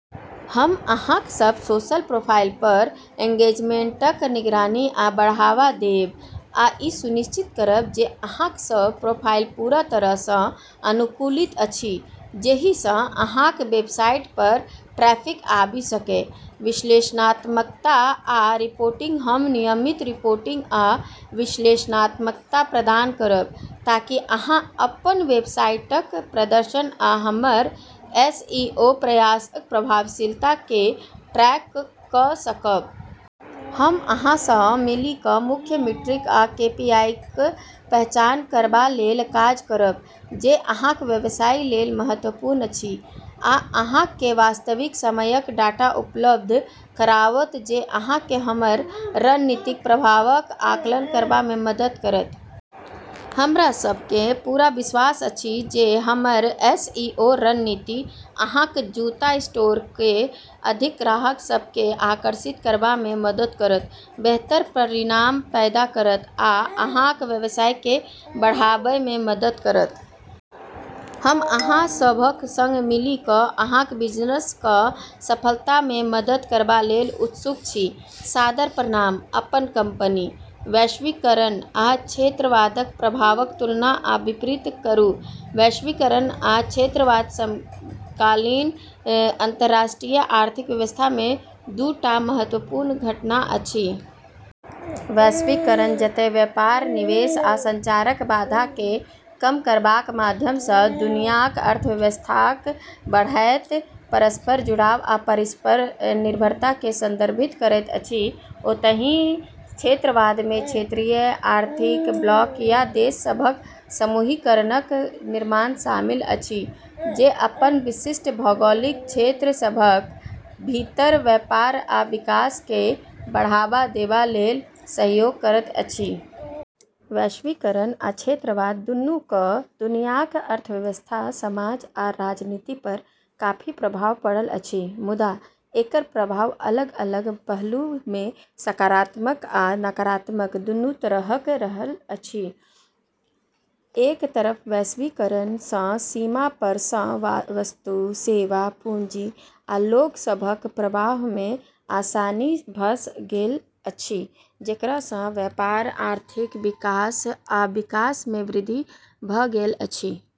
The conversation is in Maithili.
हम अहाँक सभ सोशल प्रोफाइल पर एंगेजमेंटक निगरानी आ बढ़ावा देब, आ ई सुनिश्चित करब जे अहाँक सभ प्रोफाइल पूरा तरह सँ अनुकूलित अछि जेहि सँ अहाँक वेबसाइट पर ट्रैफिक आबि सकए। विश्लेषणात्मकता आ रिपोर्टिंग: हम नियमित रिपोर्टिंग आ विश्लेषणात्मकता प्रदान करब, ताकि अहाँ अपन वेबसाइटक प्रदर्शन आ हमर एसईओ प्रयासक प्रभावशीलता केँ ट्रैक कऽ सकब। हम अहाँ सँ मिलि कऽ मुख्य मीट्रिक आ केपीआईक पहचान करबा लेल काज करब जे अहाँक व्यवसाय लेल महत्वपूर्ण अछि, आ अहाँ केँ वास्तविक समयक डाटा उपलब्ध कराओत जे अहाँ केँ हमर रणनीतिक प्रभावक आकलन करबा मे मदद करत। हमरा सभ केँ पूरा विश्वास अछि जे हमर एसईओ रणनीति अहाँक जूता स्टोर केँ अधिक ग्राहक सभ केँ आकर्षित करबा मे मदद करत, बेहतर परिणाम पैदा करत, आ अहाँक व्यवसाय केँ बढ़ाबय मे मदद करत। हम अहाँ सभक संग मिलि कऽ अहाँक बिजनेसक सफलता मे मदद करबा लेल उत्सुक छी। सादर प्रणाम, [अपन कंपनी]। वैश्वीकरण आ क्षेत्रवादक प्रभावक तुलना आ विपरीत करू। वैश्वीकरण आ क्षेत्रवाद समकालीन अंतर्राष्ट्रीय आर्थिक व्यवस्था मे दू टा महत्वपूर्ण घटना अछि। वैश्वीकरण जतए व्यापार, निवेश, आ संचारक बाधा केँ कम करबाक माध्यम सँ दुनियाक अर्थव्यवस्थाक बढ़ैत परस्पर जुड़ाव आ परस्पर निर्भरता केँ संदर्भित करैत अछि, ओतहि क्षेत्रवाद मे क्षेत्रीय आर्थिक ब्लॉक या देश सभक समूहीकरणक निर्माण शामिल अछि जे अपन विशिष्ट भौगोलिक क्षेत्र सभक भीतर व्यापार आ विकास केँ बढ़ावा देबा लेल सहयोग करैत अछि। वैश्वीकरण आ क्षेत्रवाद दुनू क दुनियाक अर्थव्यवस्था, समाज आ राजनीति पर काफी प्रभाव पड़ल अछि। मुदा एकर प्रभाव अलग-अलग पहलू मे सकारात्मक आ नकारात्मक दुनू तरहक रहल अछि। एक तरफ वैश्वीकरण सँ सीमा पार सँ वस्तु, सेवा, पूंजी, आ लोक सभक प्रवाह मे आसानी भऽ गेल अछि जेकरा सँ व्यापार, आर्थिक विकास आ विकास मे वृद्धि भऽ गेल अछि।